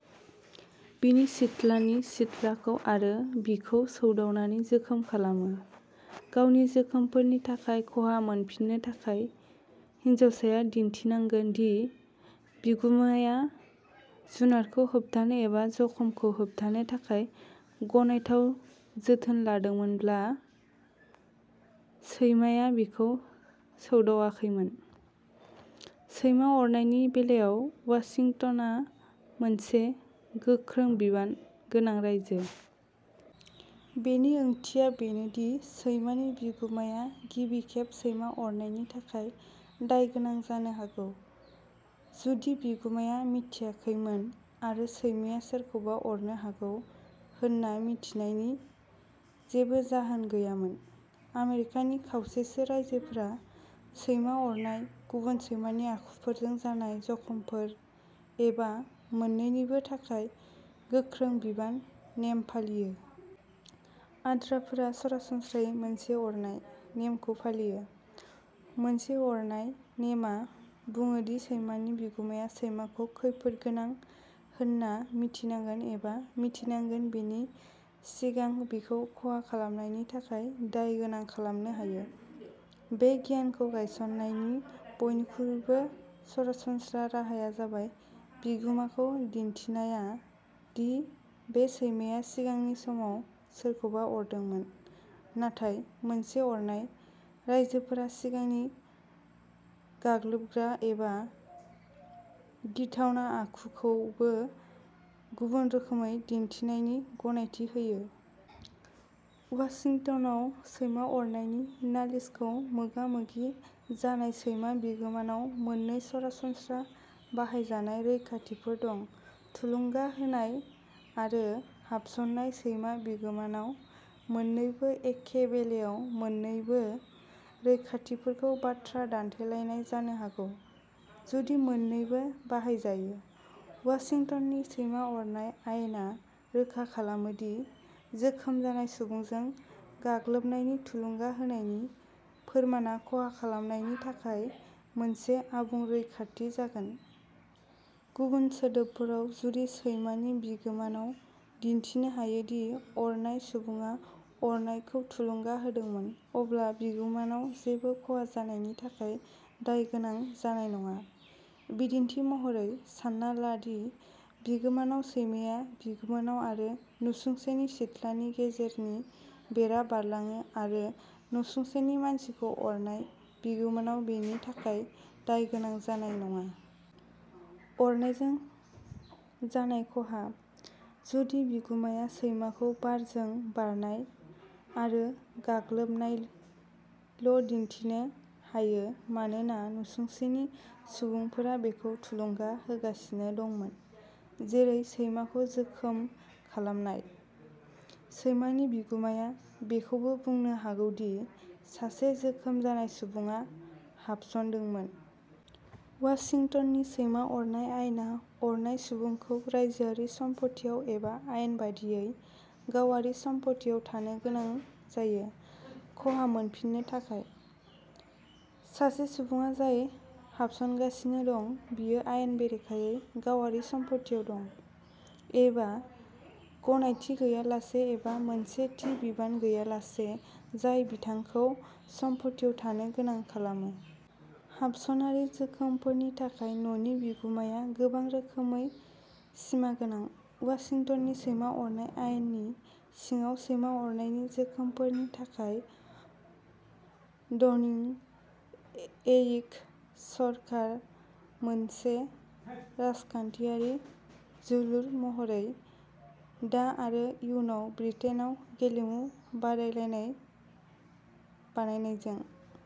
बिनि सिथ्लानि सिथ्लाखौ आरो बिखौ सौदावनानै जोखोम खालामो। गावनि जोखोमफोरनि थाखाय खहा मोनफिन्नो थाखाय, हिनजावसाया दिन्थिनांगोन दि बिगुमाया जुनादखौ होबथानो एबा जखमखौ होबथानो थाखाय गनायथाव जोथोन लादोंमोनब्ला सैमाया बिखौ सौदावाखैमोन। सैमा अरनायनि बेलायाव वाशिंटनआ मोनसे "गोख्रों बिबान" गोनां रायजो। बेनि ओंथिया बेनोदि सैमानि बिगुमाया गिबि खेब सैमा अरनायनि थाखाय दायगोनां जानो हागौ, जुदि बिगुमाया मिथियाखैमोन आरो सैमाया सोरखौबा अरनो हागौ होन्ना मिन्थिनायनि जेबो जाहोन गैयामोन। आमेरिकानि खावसेसो रायजोफोरा सैमा अरनाय, गुबुन सैमानि आखुफोरजों जानाय जखमफोर, एबा मोन्नैनिबो थाखाय "गोख्रों बिबान" नेम फालियो। आद्राफोरा सरासनस्रायै "मोनसे अरनाय" नेमखौ फालियो। "मोनसे अरनाय" नेमआ बुङो दि सैमानि बिगुमाया सैमाखौ खैफोदगोनां होनना मिन्थिनांगोन एबा मिन्थिनांगोन बेनि सिगां बिखौ खहा खालामनायनि थाखाय दाय गोनां खालामनो हायो। बे गियानखौ गायसननायनि बयनिख्रुइबो सरासनस्रा राहाया जाबाय बिगोमाखौ दिन्थिनाया दि बे सैमाया सिगांनि समाव सोरखौबा अरदोंमोन, नाथाय "मोनसे अरनाय" रायजोफोरा सिगांनि गाग्लोबग्रा एबा गिथावना आखुखौबो गुबुन रोखोमै दिन्थिनायनि गनायथि होयो। वाशिंटनआव सैमा अरनायनि नालिसखौ मोगा-मोगि जानाय सैमा बिगोमानाव मोननै सरासनस्रा बाहायजानाय रैखाथिफोर दं। थुलुंगा होनाय आरो हाबसननाय सैमा बिगोमानाव मोननैबो एखे बेलायाव मोन्नैबो रैखाथिफोरखौ बाथ्रा दान्थेलायनाय जानो हागौ, जुदि मोननैबो बाहायजायो। वाशिंटननि सैमा अरनाय आयेना रोखा खालामो दि "जोखोम जानाय सुबुंजों गाग्लोबनायनि थुलुंगा होनायनि फोरमानआ खहा खालामनायनि थाखाय मोनसे आबुं रैखाथि जागोन।" गुबुन सोदोबफोराव, जुदि सैमानि बिगोमानाव दिन्थिनो हायो दि अरनाय सुबुङा अरनायखौ थुलुंगा होदोंमोन, अब्ला बिगोमानाव जेबो खहा जानायनि थाखाय दाय गोनां जानाय नङा। बिदिन्थि महरै, सान्ना ला दि बिगोमानाव सैमाया बिगोमानाव आरो नसुंसेनि सिथ्लानि गेजेरनि बेरा बारलाङो आरो नसुंसेनि मानसिखौ अरनाय, बिगोमानाव बेनि थाखाय दाय गोनां जानाय नङा। अरनायजों जानाय खहा, जुदि बिगुमाया सैमाखौ बारजों बारनाय आरो गाग्लोबनायल'दिन्थिनो हायो मानोना नसुंसेनि सुबुंफोरा बेखौ थुलुंगा होगासिनो दंमोन-- जेरै सैमाखौ जोखोम खालामनाय। सैमानि बिगुमाया बेखौबो बुंनो हागौ दि सासे जोखोम जानाय सुबुङा हाबसनदोंमोन। वाशिंटननि सैमा अरनाय आयेना अरनाय सुबुंखौ रायजोआरि सम्फथियाव एबा "आयेन बायदियै" गावारि सम्फथियाव थानो गोनां जायो, खहा मोनफिन्नो थाखाय। सासे सुबुंआ जाय हाबसनगासिनो दं बियो आयेन बेरेखायै गावारि सम्फथियाव दं, एबा गनायथि गैयालासे एबा मोनसे थि बिबान गैयालासे जाय बिथांखौ सम्फथियाव थानो गोनां खालामो। हाबसनारि जोखोमफोरनि थाखाय न'नि बिगुमाया गोबां रोखोमै सिमागोनां, वाशिंटननि सैमा अरनाय आयेननि सिङाव सैमा अरनायनि जोखोमफोरनि थाखाय डनिं, एरिक सरकार मोनसे राजखान्थियारि जोलुर महरैः दा आरो इयुनाव ब्रिटेनआव गेलेमु बादायलायनाय बानायनायजों।